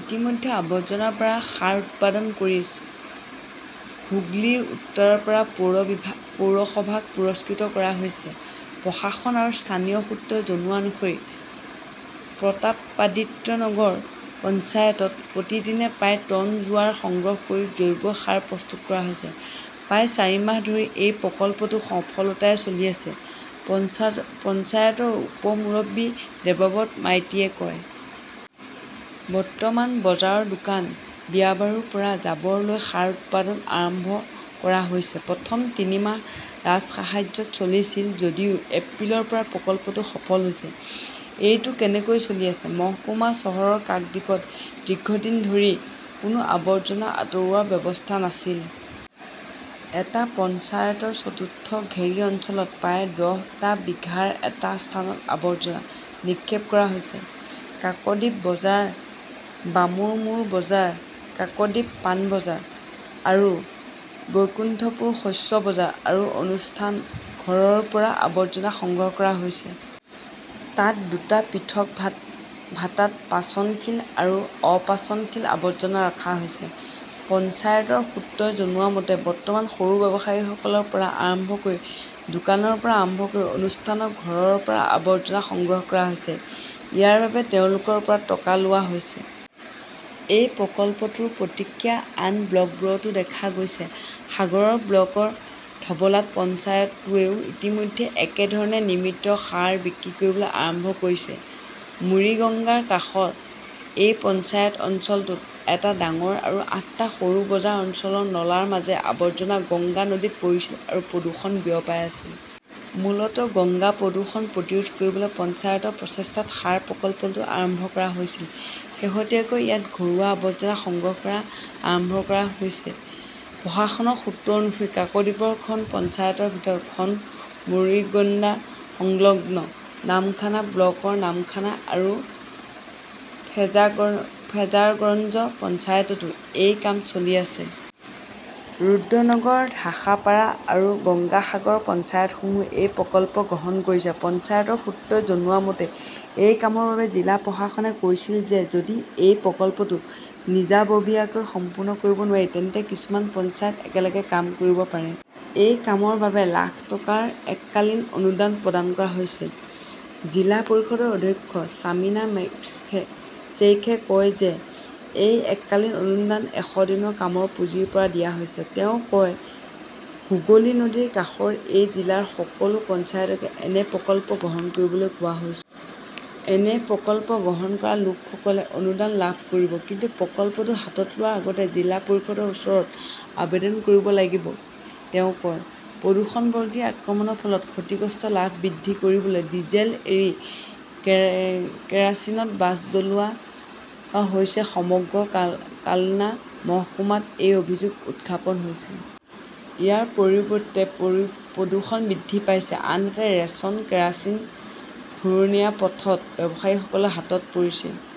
ইতিমধ্যে আবৰ্জনাৰ পৰা সাৰ উৎপাদন কৰি হুগলীৰ উত্তৰপাৰা পৌৰসভাক পুৰস্কৃত কৰা হৈছে। প্ৰশাসন আৰু স্থানীয় সূত্ৰই জনোৱা অনুসৰি প্ৰতাপাদিত্যনগৰ পঞ্চায়তত প্ৰতিদিনে প্ৰায় টন জোৱাৰ সংগ্ৰহ কৰি জৈৱ সাৰ প্ৰস্তুত কৰা হৈছে। প্ৰায় চাৰি মাহ ধৰি এই প্ৰকল্পটো সফলতাৰে চলি আছে, পঞ্চায়তৰ উপ-মুৰব্বী দেবব্ৰত মাইতীয়ে কয়। বৰ্তমান বজাৰৰ দোকান, বিয়াবাৰুৰ পৰা জাবৰ লৈ সাৰ উৎপাদন আৰম্ভ কৰা হৈছে। প্ৰথম তিনি মাহ ৰাজসাহায্যত চলিছিল যদিও এপ্ৰিলৰ পৰা প্ৰকল্পটো সফল হৈছে। এইটো কেনেকৈ চলি আছে? মহকুমা চহৰ কাকদ্বীপত দীৰ্ঘদিন ধৰি কোনো আৱৰ্জনা আঁতৰোৱাৰ ব্যৱস্থা নাছিল। এই পঞ্চায়তৰ চতুৰ্থ ঘেৰি অঞ্চলত প্ৰায় দহ টা বিঘাৰ এটা স্থানত আৱৰ্জনা নিক্ষেপ কৰা হৈছে। কাক্দীপ বজাৰ, বামুৰ মোৰ বজাৰ, কাক্দীপ পান বজাৰ আৰু বৈকুণ্ঠপুৰ শস্য বজাৰ আৰু অনুষ্ঠান ঘৰৰ পৰা আৱৰ্জনা সংগ্ৰহ কৰা হৈছে। তাত দুটা পৃথক ভাটাত পচনশীল আৰু অপচনশীল আৱৰ্জনা ৰখা হৈছে। পঞ্চায়তৰ সূত্ৰই জনোৱা মতে, বৰ্তমান সৰু ব্যৱসায়ীসকলৰ পৰা আৰম্ভ কৰি দোকানৰ পৰা আৰম্ভ কৰি অনুষ্ঠানৰ ঘৰৰ পৰা আৱৰ্জনা সংগ্ৰহ কৰা হৈছে। ইয়াৰ বাবে তেওঁলোকৰ পৰা টকা লোৱা হৈছে। এই প্ৰকল্পটোৰ প্ৰতিক্ৰিয়া আন ব্লকবোৰতো দেখা গৈছে। সাগৰ ব্লকৰ ধবলাত পঞ্চায়তটোৱেও ইতিমধ্যে একে ধৰণে নিৰ্মিত সাৰ বিক্ৰী কৰিবলৈ আৰম্ভ কৰিছে। মুৰিগঙ্গাৰ কাষৰ এই পঞ্চায়ত অঞ্চলত এটা ডাঙৰ আৰু আঠটা সৰু বজাৰ অঞ্চলৰ নলাৰ মাজেৰে আৱৰ্জনা গংগা নদীত পৰিছিল আৰু প্ৰদূষণ বিয়পাই আছিল। মূলতঃ গংগা প্ৰদূষণ প্ৰতিৰোধ কৰিবলৈ পঞ্চায়তৰ প্ৰচেষ্টাত সাৰ প্ৰকল্পটো আৰম্ভ কৰা হৈছিল। শেহতীয়াকৈ ইয়াত ঘৰুৱা আৱৰ্জনা সংগ্ৰহ কৰা আৰম্ভ কৰা হৈছে। প্ৰশাসনৰ সূত্ৰ অনুসৰি কাকদ্বীপৰ খন পঞ্চায়তৰ ভিতৰত খন মুৰিগঙ্গা-সংলগ্ন। নামখানা ব্লকৰ নামখানা আৰু ফ্ৰেজাৰগঞ্জ পঞ্চায়ততো এই কাম চলি আছে। ৰুদ্ৰনগৰ, ধাসপাৰা আৰু গংগা সাগৰ পঞ্চায়তসমূহেও এই প্ৰকল্প গ্ৰহণ কৰিছে। পঞ্চায়তৰ সূত্ৰই জনোৱা মতে, এই কামৰ বাবে জিলা প্ৰশাসনে কৈছিল যে যদি এই প্ৰকল্পটো নিজাববীয়াকৈ সম্পন্ন কৰিব নোৱাৰি তেন্তে কিছুমান পঞ্চায়ত একেলগে কাম কৰিব পাৰে। এই কামৰ বাবে লাখ টকাৰ এককালীন অনুদান প্ৰদান কৰা হৈছে। জিলা পৰিষদৰ অধ্যক্ষ শ্বামিমা শ্বেইখে কয় যে এই এককালীন অনুদান এশ দিনৰ কামৰ পুঁজিৰ পৰা দিয়া হৈছে। তেওঁ কয়, হুগলী নদীৰ কাষৰ এই জিলাৰ সকলো পঞ্চায়তক এনে প্ৰকল্প গ্ৰহণ কৰিবলৈ কোৱা হৈছে। এনে প্ৰকল্প গ্ৰহণ কৰা লোকসকলে অনুদান লাভ কৰিব। কিন্তু প্ৰকল্পটো হাতত লোৱাৰ আগতে জিলা পৰিষদৰ ওচৰত আবেদন কৰিব লাগিব, তেওঁ কয়। প্ৰদূষণ-বৰ্গীৰ আক্ৰমণৰ ফলত ক্ষতিগ্ৰস্ত লাভ বৃদ্ধি কৰিবলৈ ডিজেল এৰি কেৰোচিনত বাছ চলোৱা হৈছে-সমগ্ৰ কালনা মহকুমাত এই অভিযোগ উত্থাপন হৈছে। ইয়াৰ বিপৰীতে প্ৰদূষণ বৃদ্ধি পাইছে, আনহাতে ৰেচন কেৰোচিন ঘূৰণীয়া পথত ব্যৱসায়ীসকলৰ হাতত পৰিছে।